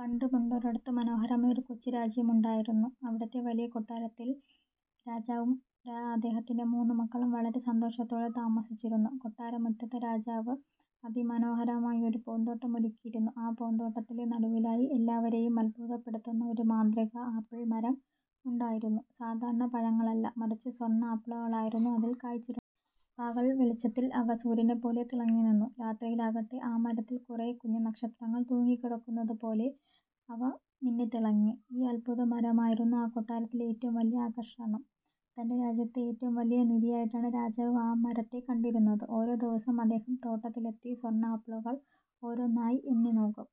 പണ്ട് പണ്ടൊരിടത്ത് മനോഹരമായ ഒരു കൊച്ചു രാജ്യമുണ്ടായിരുന്നു. അവിടത്തെ വലിയ കൊട്ടാരത്തിൽ രാജാവും അദ്ദേഹത്തിന്റെ മൂന്ന് മക്കളും വളരെ സന്തോഷത്തോടെ താമസിച്ചിരുന്നു. കൊട്ടാരമുറ്റത്ത് രാജാവ് അതിമനോഹരമായ ഒരു പൂന്തോട്ടം ഒരുക്കിയിരുന്നു. ആ പൂന്തോട്ടത്തിന്റെ നടുവിലായി എല്ലാവരെയും അത്ഭുതപ്പെടുത്തുന്ന ഒരു മാന്ത്രിക ആപ്പിൾ മരം ഉണ്ടായിരുന്നു. സാധാരണ പഴങ്ങളല്ല, മറിച്ചു സ്വർണ ആപ്പിളുകളായിരുന്നു അതിൽ കായ്ച്ചിരുന്നത്. പകൽ വെളിച്ചത്തിൽ അവ സൂര്യനെപ്പോലെ തിളങ്ങിനിന്നു. രാത്രിയിലാകട്ടെ, ആ മരത്തിൽ കുറെ കുഞ്ഞു നക്ഷത്രങ്ങൾ തൂങ്ങിക്കിടക്കുന്നത് പോലെ അവ മിന്നിത്തിളങ്ങി. ഈ അത്ഭുത മരമായിരുന്നു ആ കൊട്ടാരത്തിലെ ഏറ്റവും വലിയ ആകർഷണം. തന്റെ രാജ്യത്തെ ഏറ്റവും വലിയ നിധിയായിട്ടാണ് രാജാവ് ആ മരത്തെ കണ്ടിരുന്നത്. ഓരോ ദിവസവും അദ്ദേഹം തോട്ടത്തിലെത്തി സ്വർണ ആപ്പിളുകൾ ഓരോന്നായി എണ്ണി നോക്കും.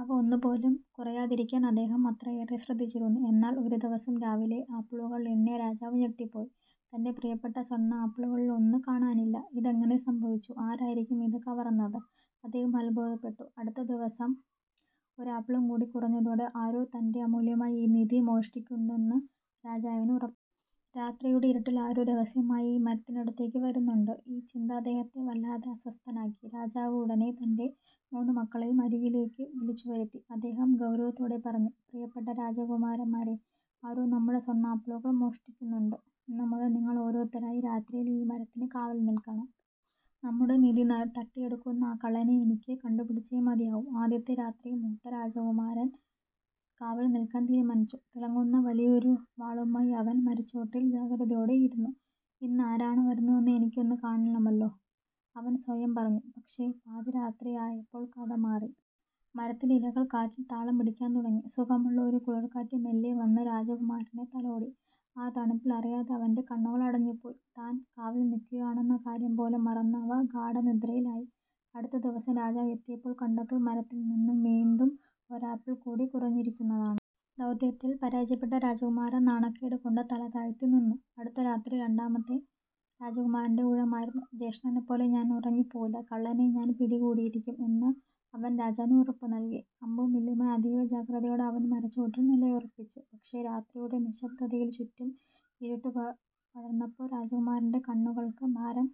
അവ ഒന്നുപോലും കുറയാതിരിക്കാൻ അദ്ദേഹം അത്രയേറെ ശ്രദ്ധിച്ചിരുന്നു. എന്നാൽ ഒരു ദിവസം രാവിലെ ആപ്പിളുകൾ എണ്ണിയ രാജാവ് ഞെട്ടിപ്പോയി! തന്റെ പ്രിയപ്പെട്ട സ്വർണ ആപ്പിളുകളിൽ ഒന്ന് കാണാനില്ല. "ഇതെങ്ങനെ സംഭവിച്ചു? ആരായിരിക്കും ഇത് കവർന്നത്? " അദ്ദേഹം അത്ഭുതപ്പെട്ടു. അടുത്ത ദിവസവും ഒരു ആപ്പിൾ കൂടി കുറഞ്ഞതോടെ, ആരോ തന്റെ അമൂല്യമായ ഈ നിധി മോഷ്ടിക്കുന്നുണ്ടെന്ന് രാജാവിന് ഉറപ്പായി. 'രാത്രിയുടെ ഇരുട്ടിൽ ആരോ രഹസ്യമായി മരത്തിനടുത്തേക്ക് വരുന്നുണ്ട്. ' ഈ ചിന്ത അദ്ദേഹത്തെ വല്ലാതെ അസ്വസ്ഥനാക്കി. രാജാവ് ഉടനെ തന്റെ മൂന്ന് മക്കളെയും അരികിലേക്ക് വിളിച്ചു വരുത്തി. അദ്ദേഹം ഗൗരവത്തോടെ പറഞ്ഞു: "പ്രിയപ്പെട്ട രാജകുമാരന്മാരേ, ആരോ നമ്മുടെ സ്വർണ ആപ്പിളുകൾ മോഷ്ടിക്കുന്നുണ്ട്. ഇന്ന് മുതൽ നിങ്ങൾ ഓരോരുത്തരായി രാത്രിയിൽ ഈ മരത്തിന് കാവൽ നിൽക്കണം. നമ്മുടെ നിധി തട്ടിയെടുക്കുന്ന ആ കള്ളനെ എനിക്ക് കണ്ടുപിടിച്ചേ മതിയാകൂ! " ആദ്യത്തെ രാത്രി മൂത്ത രാജകുമാരൻ കാവൽ നിൽക്കാൻ തീരുമാനിച്ചു. തിളങ്ങുന്ന വലിയൊരു വാളുമായി അവൻ മരച്ചുവട്ടിൽ ജാഗ്രതയോടെ ഇരുന്നു. "ഇന്ന് ആരാണ് വരുന്നതെന്ന് എനിക്കൊന്ന് കാണണമല്ലോ! " അവൻ സ്വയം പറഞ്ഞു. പക്ഷേ, പാതിരാത്രിയായപ്പോൾ കഥ മാറി. മരത്തിലെ ഇലകൾ കാറ്റിൽ താളം പിടിക്കാൻ തുടങ്ങി. സുഖമുള്ള ഒരു കുളിർക്കാറ്റ് മെല്ലെ വന്ന് രാജകുമാരനെ തലോടി. ആ തണുപ്പിൽ അറിയാതെ അവന്റെ കണ്ണുകൾ അടഞ്ഞു പോയി. താൻ കാവൽ നിൽക്കുകയാണെന്ന കാര്യം പോലും മറന്ന് അവൻ ഗാഢനിദ്രയിലായി. അടുത്ത ദിവസം രാജാവ് എത്തിയപ്പോൾ കണ്ടത് മരത്തിൽ നിന്ന് വീണ്ടും ഒരു ആപ്പിൾ കൂടി കുറഞ്ഞിരിക്കുന്നതാണ്! ദൗത്യത്തിൽ പരാജയപ്പെട്ട രാജകുമാരൻ നാണക്കേട് കൊണ്ട് തല താഴ്ത്തി നിന്നു. അടുത്ത രാത്രി രണ്ടാമത്തെ രാജകുമാരന്റെ ഊഴമായിരുന്നു. "ജ്യേഷ്ഠനെപ്പോലെ ഞാൻ ഉറങ്ങിപ്പോകില്ല, കള്ളനെ ഞാൻ പിടികൂടിയിരിക്കും! " എന്ന് അവൻ രാജാവിന് ഉറപ്പുനൽകി. അമ്പും വില്ലുമായി അതീവ ജാഗ്രതയോടെ അവൻ മരച്ചുവട്ടിൽ നിലയുറപ്പിച്ചു. പക്ഷേ, രാത്രിയുടെ നിശബ്ദതയിൽ ചുറ്റും ഇരുട്ടു പടർന്നപ്പോൾ രാജകുമാരന്റെ കണ്ണുകൾക്ക് ഭാരം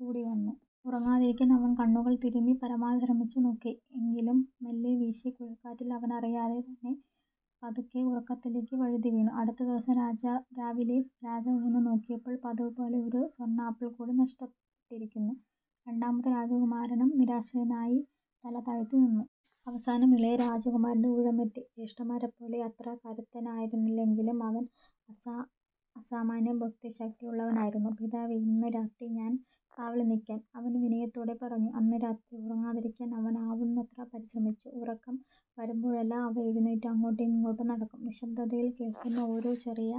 കൂടി വന്നു. ഉറങ്ങാതിരിക്കാൻ അവൻ കണ്ണുകൾ തിരുമ്മി പരമാവധി ശ്രമിച്ചു നോക്കി. എങ്കിലും മെല്ലെ വീശിയ കുളിർക്കാറ്റിൽ അവനറിയാതെ തന്നെ പതുക്കെ ഉറക്കത്തിലേക്ക് വഴുതിവീണു. അടുത്ത ദിവസം രാവിലെ രാജാവ് വന്നു നോക്കിയപ്പോൾ പതിവുപോലെ ഒരു സ്വർണ ആപ്പിൾ കൂടി നഷ്ടപ്പെട്ടിരിക്കുന്നു! രണ്ടാമത്തെ രാജകുമാരനും നിരാശനായി തല താഴ്ത്തി നിന്നു. അവസാനം ഇളയ രാജകുമാരന്റെ ഊഴമെത്തി. ജ്യേഷ്ഠന്മാരെപ്പോലെ അത്ര കരുത്തനായിരുന്നില്ലെങ്കിലും, അവൻ അസാമാന്യ ബുദ്ധിശക്തിയുള്ളവനായിരുന്നു. "പിതാവേ, ഇന്ന് രാത്രി ഞാൻ കാവൽ നിൽക്കാം. " അവൻ വിനയത്തോടെ പറഞ്ഞു. അന്ന് രാത്രി ഉറങ്ങാതിരിക്കാൻ അവൻ ആവുന്നത്ര പരിശ്രമിച്ചു. ഉറക്കം വരുമ്പോഴെല്ലാം അവൻ എഴുന്നേറ്റ് അങ്ങോട്ടും ഇങ്ങോട്ടും നടക്കും. നിശബ്ദതയിൽ കേൾക്കുന്ന ഓരോ ചെറിയ